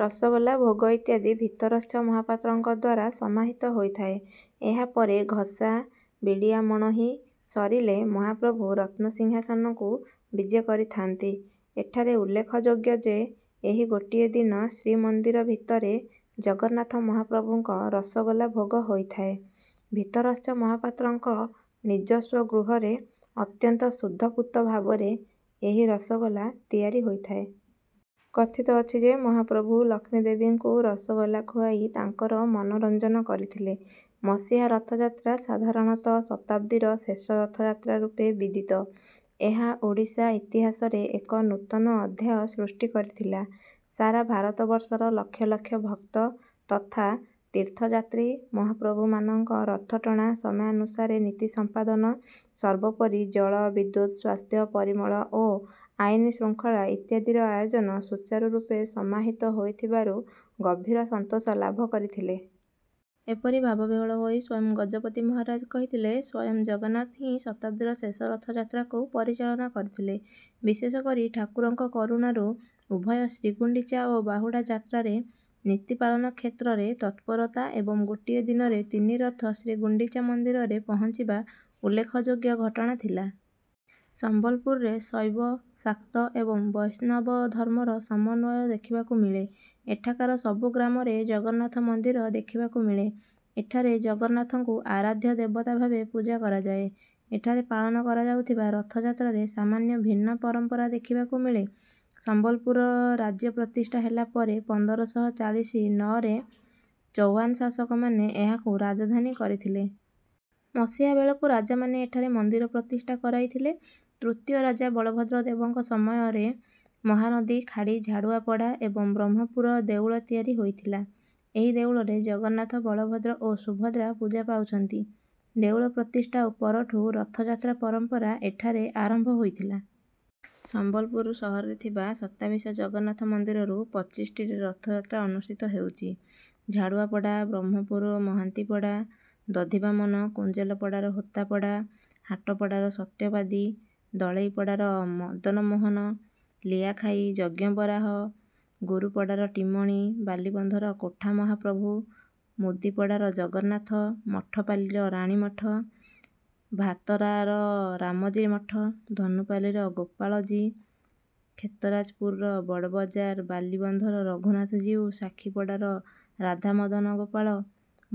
ରସଗୋଲା ଭୋଗ ଇତ୍ୟାଦି ଭିତରଚ୍ଛ ମହାପାତ୍ରଙ୍କ ଦ୍ୱାରା ସମାହିତ ହୋଇଥାଏ। ଏହା ପରେ ଘସା, ବିଡ଼ିଆ ମଣୋହି ସରିଲେ ମହାପ୍ରଭୁ ରତ୍ନସିଂହାସନକୁ ବିଜେ କରିଥାନ୍ତି। ଏଠାରେ ଉଲ୍ଲେଖଯୋଗ୍ୟ ଯେ, ଏହି ଗୋଟିଏ ଦିନ ଶ୍ରୀମନ୍ଦିର ଭିତରେ ଜଗନ୍ନାଥ ମହାପ୍ରଭୁଙ୍କ ରସଗୋଲା ଭୋଗ ହୋଇଥାଏ। ଭିତରଚ୍ଛ ମହାପାତ୍ରଙ୍କ ନିଜସ୍ୱ ଗୃହରେ ଅତ୍ୟନ୍ତ ଶୁଦ୍ଧ ପୂତ ଭାବରେ ଏହି ରସଗୋଲା ତିଆରି ହୋଇଥାଏ। କଥିତ ଅଛି ଯେ, ମହାପ୍ରଭୁ ଲକ୍ଷ୍ମୀଦେବୀଙ୍କୁ ରସଗୋଲା ଖୁଆଇ ତାଙ୍କର ମନୋରଞ୍ଜନ କରିଥିଲେ। ମସିହା ରଥଯାତ୍ରା ସାଧାରଣତଃ ଶତାବ୍ଦୀର ଶେଷ ରଥଯାତ୍ରା ରୂପେ ବିଦିତ। ଏହା ଓଡ଼ିଶା ଇତିହାସରେ ଏକ ନୂତନ ଅଧ୍ୟାୟ ସୃଷ୍ଟି କରିଥିଲା। ସାରା ଭାରତବର୍ଷର ଲକ୍ଷ ଲକ୍ଷ ଭକ୍ତ ତଥା ତୀର୍ଥଯାତ୍ରୀ ମହାପ୍ରଭୁମାନଙ୍କ ରଥଟଣା, ସମୟାନୁସାରେ ନୀତି ସମ୍ପାଦନ, ସର୍ବୋପରି ଜଳ, ବିଦ୍ୟୁତ, ସ୍ୱାସ୍ଥ୍ୟ, ପରିମଳ ଓ ଆଇନ ଶୃଙ୍ଖଳା ଇତ୍ୟାଦିର ଆୟୋଜନ ସୂଚାରୁରୂପେ ସମାହିତ ହୋଇଥିବାରୁ ଗଭୀର ସନ୍ତୋଷ ଲାଭ କରିଥିଲେ। ଏପରିକି ଭାବବିହ୍ୱଳ ହୋଇ ସ୍ୱୟଂ ଗଜପତି ମହାରାଜା କହିଥିଲେ: ସ୍ୱୟଂ ଜଗନ୍ନାଥ ହିଁ ଶତାବ୍ଦୀର ଶେଷ ରଥଯାତ୍ରାକୁ ପରିଚାଳନା କରିଥିଲେ। ବିଶେଷ କରି ଠାକୁରଙ୍କ କରୁଣାରୁ ଉଭୟ ଶ୍ରୀଗୁଣ୍ଡିଚା ଓ ବାହୁଡ଼ା ଯାତ୍ରାରେ ନୀତି ପାଳନ କ୍ଷେତ୍ରରେ ତତ୍ପରତା ଏବଂ ଗୋଟିଏ ଦିନରେ ତିନି ରଥ ଶ୍ରୀଗୁଣ୍ଡିଚା ମନ୍ଦିରରେ ପହଞ୍ଚିବା ଉଲ୍ଲେଖଯୋଗ୍ୟ ଘଟଣା ଥିଲା। ସମ୍ବଲପୁରରେ ଶୈବ, ଶାକ୍ତ ଏବଂ ବୈଷ୍ଣବ ଧର୍ମର ସମନ୍ୱୟ ଦେଖିବାକୁ ମିଳେ। ଏଠାକାର ସବୁ ଗ୍ରାମରେ ଜଗନ୍ନାଥ ମନ୍ଦିର ଦେଖିବାକୁ ମିଳେ। ଏଠାରେ ଜଗନ୍ନାଥଙ୍କୁ ଆରାଧ୍ୟ ଦେବତା ଭାବେ ପୂଜା କରାଯାଏ। ଏଠାରେ ପାଳନ କରାଯାଉଥିବା ରଥଯାତ୍ରାରେ ସାମାନ୍ୟ ଭିନ୍ନ ପରମ୍ପରା ଦେଖିବାକୁ ମିଳେ। ସମ୍ବଲପୁର ରାଜ୍ୟ ପ୍ରତିଷ୍ଠା ହେଲା ପରେ ପନ୍ଦର ଶହ ଚାଳିଶି-ନଅ ରେ ଚୌହାନ ଶାସକମାନେ ଏହାକୁ ରାଜଧାନୀ କରିଥିଲେ। ମସିହା ବେଳକୁ ରାଜାମାନେ ଏଠାରେ ମନ୍ଦିର ପ୍ରତିଷ୍ଠା କରାଇଥିଲେ। ତୃତୀୟ ରାଜା ବଳଭଦ୍ର ଦେବଙ୍କ ସମୟରେ ମହାନଦୀ ଖାଡ଼ି ଝାଡ଼ୁଆପଡ଼ା ଏବଂ ବ୍ରହ୍ମପୁରା ଦେଉଳ ତିଆରି ହୋଇଥିଲା। ଏହି ଦେଉଳରେ ଜଗନ୍ନାଥ, ବଳଭଦ୍ର ଓ ସୁଭଦ୍ରା ପୂଜା ପାଉଛନ୍ତି। ଦେଉଳ ପ୍ରତିଷ୍ଠା ପରଠୁ ରଥଯାତ୍ରା ପରମ୍ପରା ଏଠାରେ ଆରମ୍ଭ ହୋଇଥିଲା। ସମ୍ବଲପୁର ସହରରେ ଥିବା ସତାବିଶ ଜଗନ୍ନାଥ ମନ୍ଦିରରୁ ପଚିଶ ଟିରେ ରଥଯାତ୍ରା ଅନୁଷ୍ଠିତ ହେଉଛି। ଝାଡ଼ୁଆପଡ଼ା, ବ୍ରହ୍ମପୁରା, ମହାନ୍ତିପଡ଼ା, ଦଧିବମାନ, କୁଞ୍ଜେଲପଡ଼ାର ହୋତାପଡ଼ା, ହାଟପଡ଼ାର ସତ୍ୟବାଦୀ, ଦଳେଇପଡ଼ାର ମଦନମୋହନ, ଲିଆଖାଇ, ଯଜ୍ଞ ବରାହ, ଗୁରୁପଡ଼ାର ଟିମନୀ, ବାଲିବନ୍ଧର କୋଠା ମହାପ୍ରଭୁ, ମୁଦୀପଡ଼ାର ଜଗନ୍ନାଥ, ମଠପାଲିର ରାଣୀମଠ, ଭାତରାର ରାମଜୀ ମଠ, ଧନୁପାଲିର ଗୋପାଳଜୀ, କ୍ଷେତରାଜପୁର, ବଡ଼ବଜାର, ବାଲିବନ୍ଧର ରଘୁନାଥଜୀଉ, ସାକ୍ଷୀପଡ଼ାର ରାଧାମଦନଗୋପାଳ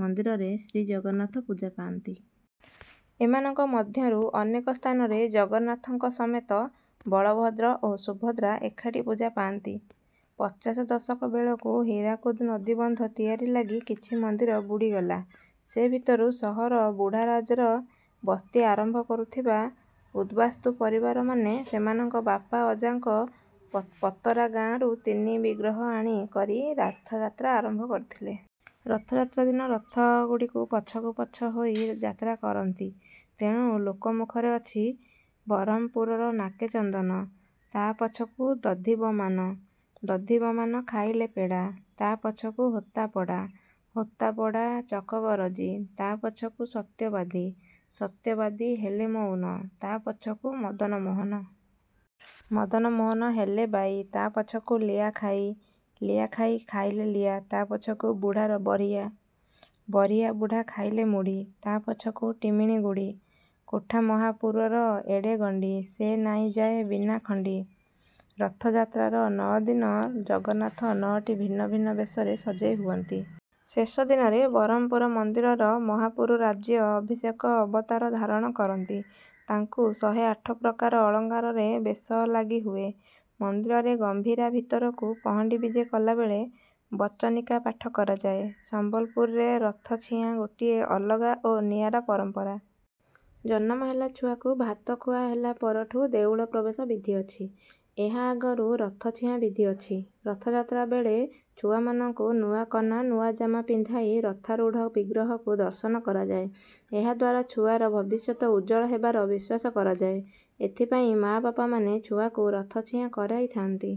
ମନ୍ଦିରରେ ଶ୍ରୀ ଜଗନ୍ନାଥ ପୂଜା ପାଆନ୍ତି। ଏମାନଙ୍କ ମଧ୍ୟରୁ ଅନେକ ସ୍ଥାନରେ ଜଗନ୍ନାଥଙ୍କ ସମେତ ବଳଭଦ୍ର ଓ ସୁଭଦ୍ରା ଏକାଠି ପୂଜା ପାଆନ୍ତି। ପଚାଶ ଦଶକ ବେଳକୁ ହୀରାକୁଦ ନଦୀବନ୍ଧ ତିଆରି ଲାଗି କିଛି ମନ୍ଦିର ବୁଡ଼ିଗଲା। ସେ ଭିତରୁ ସହର ବୁଢ଼ାରଜାରେ ବସ୍ତି ଆରମ୍ଭ କରିଥିବା ଉଦ୍‌ବାସ୍ତୁ ପରିବାରମାନେ ସେମାନଙ୍କ ବାପା ଅଜାଙ୍କ ପତରା ଗାଁରୁ ତିନି ବିଗ୍ରହ ଆଣି କରି ରଥଯାତ୍ରା ଆରମ୍ଭ କରିଥିଲେ। ରଥଯାତ୍ରା ଦିନ ରଥଗୁଡ଼ିକ ପଛକୁ ପଛ ହୋଇ ଯାତ୍ରା କରନ୍ତି। ତେଣୁ ଲୋକମୁଖରେ ଅଛି ବରହମପୁରାର ନାକେ ଚନ୍ଦନ, ତା ପଛକୁ ଦଧିବମାନ। ଦଧିବମାନ ଖାଇଲେ ପେଡ଼ା, ତା ପଛକୁ ହୋତାପଡ଼ା। ହୋତାପଡ଼ା ଚକ ଗରଜି, ତା ପଛକୁ ସତ୍ୟବାଦୀ। ସତ୍ୟବାଦୀ ହେଲେ ମଉନ, ତା ପଛକୁ ମଦନମୋହନ। ମଦନମୋହନ ହେଲେ ବାଈ, ତା ପଛକୁ ଲିଆଖାଇ। ଲିଆଖାଇ ଖାଇଲେ ଲିଆ, ତା ପଛକୁ ବୁଢ଼ା ବରିହା। ବରିହା ବୁଢ଼ା ଖାଇଲେ ମୁଢ଼ି, ତା ପଛକୁ ଟିମିନି ଗୁଡ଼ି। କୋଠା ମହାପୁରୁର ଏଡ଼େ ଗଣ୍ଡି, ସେ ନାଇଁ ଯାଏ ବିନା ଖଣ୍ଡି। ରଥଯାତ୍ରାର ନଅ ଦିନ ଜଗନ୍ନାଥ ନଅଟି ଭିନ୍ନ ଭିନ୍ନ ବେଶରେ ସଜେଇ ହୁଅନ୍ତି। ଶେଷ ଦିନରେ ବରହମପୁରା ମନ୍ଦିରର ମହାପୁରୁ ରାଜ୍ୟ ଅଭିଷେକ ଅବତାର ଧାରଣ କରନ୍ତି। ତାଙ୍କୁ ଶହେ ଆଠ ପ୍ରକାର ଅଳଙ୍କାରରେ ବେଶ ଲାଗି ହୁଏ। ମନ୍ଦିରରେ ଗମ୍ଭୀରା ଭିତରକୁ ପହଣ୍ଡି ବିଜେ କଲାବେଳେ ବଚନିକା ପାଠ କରାଯାଏ। ସମ୍ବଲପୁରରେ ରଥଛିଆଁ ଗୋଟିଏ ଅଲଗା ଓ ନିଆରା ପରମ୍ପରା। ଜନମ ହେଲା ଛୁଆକୁ ଭାତ ଖୁଆ ହେଲା ପରଠୁ ଦେଉଳ ପ୍ରବେଶ ବିଧି ଅଛି। ଏହା ଆଗରୁ ରଥଛିଆଁ ବିଧି ଅଛି। ରଥଯାତ୍ରା ବେଳେ ଛୁଆମାନଙ୍କୁ ନୂଆ କନା ନୂଆ ଜାମା ପିନ୍ଧାଇ ରଥାରୂଢ଼ ବିଗ୍ରହଙ୍କୁ ଦର୍ଶନ କରାଯାଏ। ଏହାଦ୍ୱାରା ଛୁଆର ଭବିଷ୍ୟତ ଉଜ୍ଜ୍ୱଳ ହେବାର ବିଶ୍ୱାସ କରାଯାଏ। ସେଥିପାଇଁ ମା' ବାପାମାନେ ଛୁଆକୁ ରଥଛିଆଁ କରେଇଥାନ୍ତି।